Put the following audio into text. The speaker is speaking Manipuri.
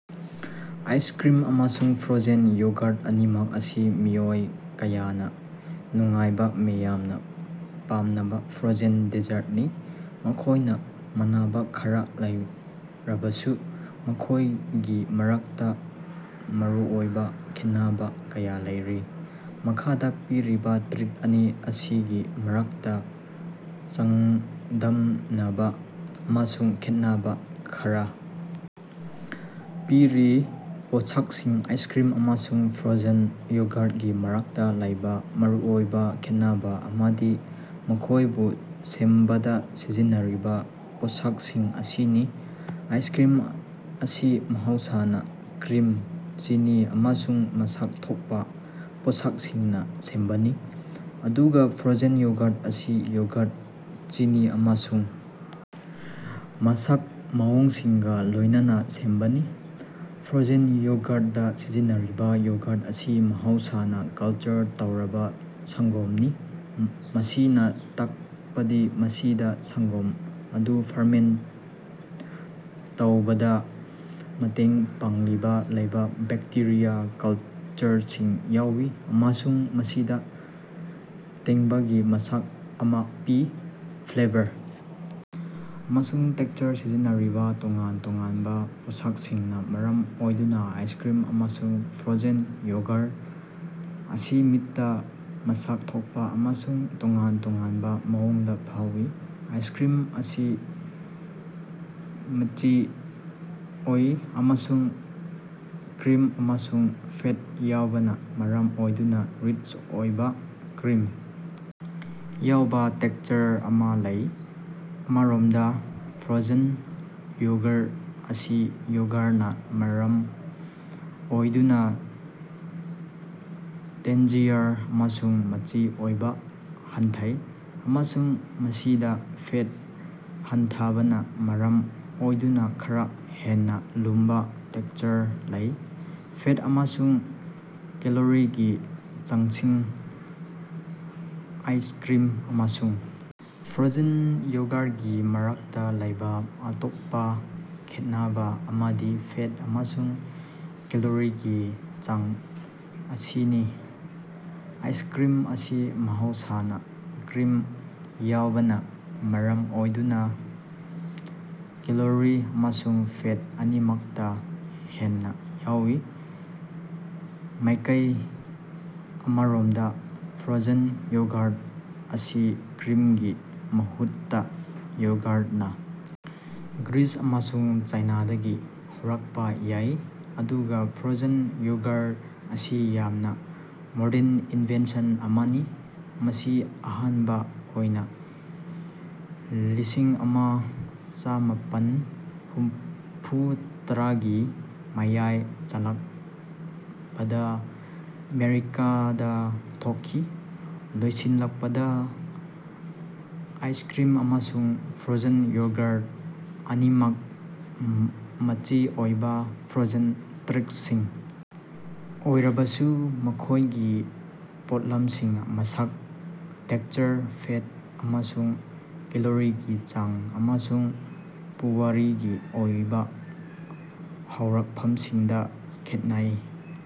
ꯑꯥꯏꯁꯀ꯭ꯔꯤꯝ ꯑꯃꯁꯨꯡ ꯐ꯭ꯔꯣꯖꯟ ꯌꯣꯒꯔ ꯑꯅꯤꯃꯛ ꯑꯁꯤ ꯃꯤꯑꯣꯏ ꯀꯌꯥꯅꯥ ꯅꯨꯡꯉꯥꯏꯕꯥ ꯃꯤꯌꯥꯝꯅꯥ ꯄꯥꯝꯅꯕꯥ ꯐ꯭ꯔꯣꯖꯟ ꯗꯦꯖ꯭ꯔꯠꯅꯤ꯫ ꯃꯈꯣꯏꯅꯥ ꯃꯥꯟꯅꯕꯥ ꯈꯔꯥ ꯂꯩꯔꯕꯁꯨ ꯃꯈꯣꯏꯒꯤ ꯃꯔꯛꯇꯥ ꯃꯔꯨꯑꯣꯏꯕꯥ ꯈꯦꯠꯅꯕꯥ ꯀꯌꯥ ꯂꯩꯔꯤ꯫ ꯃꯈꯥꯗꯥ ꯄꯤꯔꯤꯕꯥ ꯇ꯭ꯔꯤꯠ ꯑꯅꯤ ꯑꯁꯤꯒꯤ ꯃꯔꯛꯇꯥ ꯆꯥꯡꯗꯝꯅꯕꯥ ꯑꯃꯁꯨꯡ ꯈꯦꯠꯅꯕꯥ ꯈꯔꯥ ꯄꯤꯔꯤ: ꯄꯣꯠꯁꯛꯁꯤꯡ: ꯑꯥꯏꯁꯀ꯭ꯔꯤꯝ ꯑꯃꯁꯨꯡ ꯐ꯭ꯔꯣꯖꯟ ꯌꯣꯒꯔꯒꯤ ꯃꯔꯛꯇꯥ ꯂꯩꯕꯥ ꯃꯔꯨꯑꯣꯏꯕꯥ ꯈꯦꯠꯅꯕꯥ ꯑꯃꯗꯤ ꯃꯈꯣꯏꯕꯨ ꯁꯦꯝꯕꯗꯥ ꯁꯤꯖꯤꯟꯅꯔꯤꯕꯥ ꯄꯣꯠꯁꯛꯁꯤꯡ ꯑꯁꯤꯅꯤ꯫ ꯑꯥꯏꯁꯀ꯭ꯔꯤꯝ ꯑꯁꯤ ꯃꯍꯧꯁꯥꯅꯥ ꯀ꯭ꯔꯤꯝ, ꯆꯤꯅꯤ ꯑꯃꯁꯨꯡ ꯃꯁꯛ ꯊꯣꯛꯄꯥ ꯄꯣꯠꯁꯛꯁꯤꯡꯅꯥ ꯁꯦꯝꯕꯅꯤ, ꯑꯗꯨꯒꯥ ꯐ꯭ꯔꯣꯖꯟ ꯌꯣꯒꯔ ꯑꯁꯤ ꯌꯣꯒꯔ, ꯆꯤꯅꯤ ꯑꯃꯁꯨꯡ ꯃꯁꯛ ꯃꯑꯣꯡꯁꯤꯡꯒꯥ ꯂꯣꯏꯅꯅꯥ ꯁꯦꯝꯕꯅꯤ꯫ ꯐ꯭ꯔꯣꯖꯟ ꯌꯣꯒꯔꯗꯥ ꯁꯤꯖꯤꯟꯅꯔꯤꯕꯥ ꯌꯣꯒꯔ ꯑꯁꯤ ꯃꯍꯧꯁꯥꯅꯥ ꯀꯜꯆꯔ ꯇꯧꯔꯕꯥ ꯁꯪꯒꯣꯝꯅꯤ, ꯃꯁꯤꯅꯥ ꯇꯥꯛꯄꯗꯤ ꯃꯁꯤꯗꯥ ꯁꯪꯒꯣꯝ ꯑꯗꯨ ꯐꯔꯃꯦꯟꯇ ꯇꯧꯕꯗꯥ ꯃꯇꯦꯡ ꯄꯥꯡꯂꯤꯕꯥ ꯂꯥꯏꯕ ꯕꯦꯛꯇꯦꯔꯤꯌꯥ ꯀꯜꯆꯔꯁꯤꯡ ꯌꯥꯎꯏ ꯑꯃꯁꯨꯡ ꯃꯁꯤꯗꯥ ꯇꯦꯡꯕꯥꯡꯒꯤ ꯃꯁꯛ ꯑꯃꯥ ꯄꯤ꯫ ꯐ꯭ꯂꯦꯕꯔ ꯑꯃꯁꯨꯡ ꯇꯦꯛꯁꯆꯔ: ꯁꯤꯖꯤꯟꯅꯔꯤꯕꯥ ꯇꯣꯉꯥꯟ-ꯇꯣꯉꯥꯟꯕꯥ ꯄꯣꯠꯁꯛꯁꯤꯡꯅꯥ ꯃꯔꯝ ꯑꯣꯏꯗꯨꯅꯥ ꯑꯥꯏꯁꯀ꯭ꯔꯤꯝ ꯑꯃꯁꯨꯡ ꯐ꯭ꯔꯣꯖꯟ ꯌꯣꯒꯔ ꯑꯁꯤ ꯃꯤꯠꯇꯥ ꯃꯁꯛ ꯊꯣꯛꯄꯥ ꯑꯃꯁꯨꯡ ꯇꯣꯉꯥꯟ-ꯇꯣꯉꯥꯟꯕꯥ ꯃꯑꯣꯡꯗꯥ ꯐꯥꯎꯏ꯫ ꯑꯥꯏꯁꯀ꯭ꯔꯤꯝ ꯑꯁꯤ ꯃꯆꯤ ꯑꯣꯏ ꯑꯃꯁꯨꯡ ꯀ꯭ꯔꯤꯝ ꯑꯃꯁꯨꯡ ꯐꯦꯠ ꯌꯥꯎꯕꯅꯥ ꯃꯔꯝ ꯑꯣꯏꯗꯨꯅꯥ ꯔꯤꯆ ꯑꯣꯏꯕꯥ, ꯀ꯭ꯔꯤꯝ ꯌꯥꯎꯕꯥ ꯇꯦꯛꯁꯆꯔ ꯑꯃꯥ ꯂꯩ꯫ ꯑꯃꯔꯣꯝꯗꯥ, ꯐ꯭ꯔꯣꯖꯟ ꯌꯣꯒꯔ ꯑꯁꯤ ꯌꯣꯒꯔꯅꯥ ꯃꯔꯝ ꯑꯣꯏꯗꯨꯅꯥ ꯇꯦꯟꯖꯤꯌꯔ ꯑꯃꯁꯨꯡ ꯃꯆꯤ ꯑꯣꯏꯕꯥ ꯍꯟꯊꯩ, ꯑꯃꯁꯨꯡ ꯃꯁꯤꯗꯥ ꯐꯦꯠ ꯍꯟꯊꯕꯅꯥ ꯃꯔꯝ ꯑꯣꯏꯗꯨꯅꯥ ꯈꯔꯥ ꯍꯦꯟꯅꯥ ꯂꯨꯝꯕꯥ ꯇꯦꯛꯁꯆꯔ ꯂꯩ꯫ ꯐꯦꯠ ꯑꯃꯁꯨꯡ ꯀꯦꯂꯣꯔꯤꯒꯤ ꯆꯥꯡꯁꯤꯡ ꯑꯥꯏꯁꯀ꯭ꯔꯤꯝ ꯑꯃꯁꯨꯡ ꯐ꯭ꯔꯣꯖꯟ ꯌꯣꯒꯔꯒꯤ ꯃꯔꯛꯇꯥ ꯂꯩꯕꯥ ꯑꯇꯣꯞꯄꯥ ꯈꯦꯠꯅꯕꯥ ꯑꯃꯗꯤ ꯐꯦꯠ ꯑꯃꯁꯨꯡ ꯀꯦꯂꯣꯔꯤꯒꯤ ꯆꯥꯡ ꯑꯁꯤꯅꯤ꯫ ꯑꯥꯏꯁꯀ꯭ꯔꯤꯝ ꯑꯁꯤ ꯃꯍꯧꯁꯥꯅꯥ ꯀ꯭ꯔꯤꯝ ꯌꯥꯎꯕꯅꯥ ꯃꯔꯝ ꯑꯣꯏꯗꯨꯅꯥ ꯀꯦꯂꯣꯔꯤ ꯑꯃꯁꯨꯡ ꯐꯦꯠ ꯑꯅꯤꯃꯛꯇꯥ ꯍꯦꯟꯅꯥ ꯌꯥꯎꯏ꯫ ꯃꯥꯏꯀꯩ ꯑꯃꯔꯣꯝꯗꯥ ꯐ꯭ꯔꯣꯖꯟ ꯌꯣꯒꯔ ꯑꯁꯤ ꯀ꯭ꯔꯤꯝꯒꯤ ꯃꯍꯨꯠꯇꯥ ꯌꯣꯒꯔꯅꯥ ꯒ꯭ꯔꯤꯁ ꯑꯃꯁꯨꯡ ꯆꯥꯏꯅꯥꯗꯒꯤ ꯍꯧꯔꯛꯄꯥ ꯌꯥꯏ, ꯑꯗꯨꯒꯥ ꯐ꯭ꯔꯣꯖꯟ ꯌꯣꯒꯔ ꯑꯁꯤ ꯌꯥꯝꯅꯥ ꯃꯣꯔꯗꯟ ꯏꯟꯚꯦꯟꯁꯟ ꯑꯃꯅꯤ, ꯃꯁꯤ ꯑꯍꯥꯟꯕꯥ ꯑꯣꯏꯅꯥ ꯂꯤꯁꯤꯡꯑꯃꯥ ꯆꯥꯝꯃꯥꯄꯟ ꯍꯨꯝꯐꯨꯇꯔꯥꯒꯤ ꯃꯌꯥꯏ ꯆꯜꯂꯛꯄꯗꯥ ꯑꯃꯦꯔꯤꯀꯥꯗꯥ ꯊꯣꯛꯈꯤ꯫ ꯂꯣꯏꯁꯤꯜꯂꯛꯄꯗꯥ, ꯑꯥꯏꯁꯀ꯭ꯔꯤꯝ ꯑꯃꯁꯨꯡ ꯐ꯭ꯔꯣꯖꯟ ꯌꯣꯒꯔ ꯑꯅꯤꯃꯛ ꯃꯆꯤ ꯑꯣꯏꯕꯥ ꯐ꯭ꯔꯣꯖꯟ ꯇ꯭ꯔꯤꯠꯁꯤꯡ ꯑꯣꯏꯔꯕꯁꯨ, ꯃꯈꯣꯏꯒꯤ ꯄꯣꯠꯂꯝꯁꯤꯡ, ꯃꯁꯛ, ꯇꯦꯛꯁꯆꯔ, ꯐꯦꯠ ꯑꯃꯁꯨꯡ ꯀꯦꯂꯣꯔꯤꯒꯤ ꯆꯥꯡ, ꯑꯃꯁꯨꯡ ꯄꯨꯋꯥꯔꯤꯒꯤ ꯑꯣꯏꯕꯥ ꯍꯧꯔꯛꯐꯝꯁꯤꯡꯗꯥ ꯈꯦꯠꯅꯩ꯫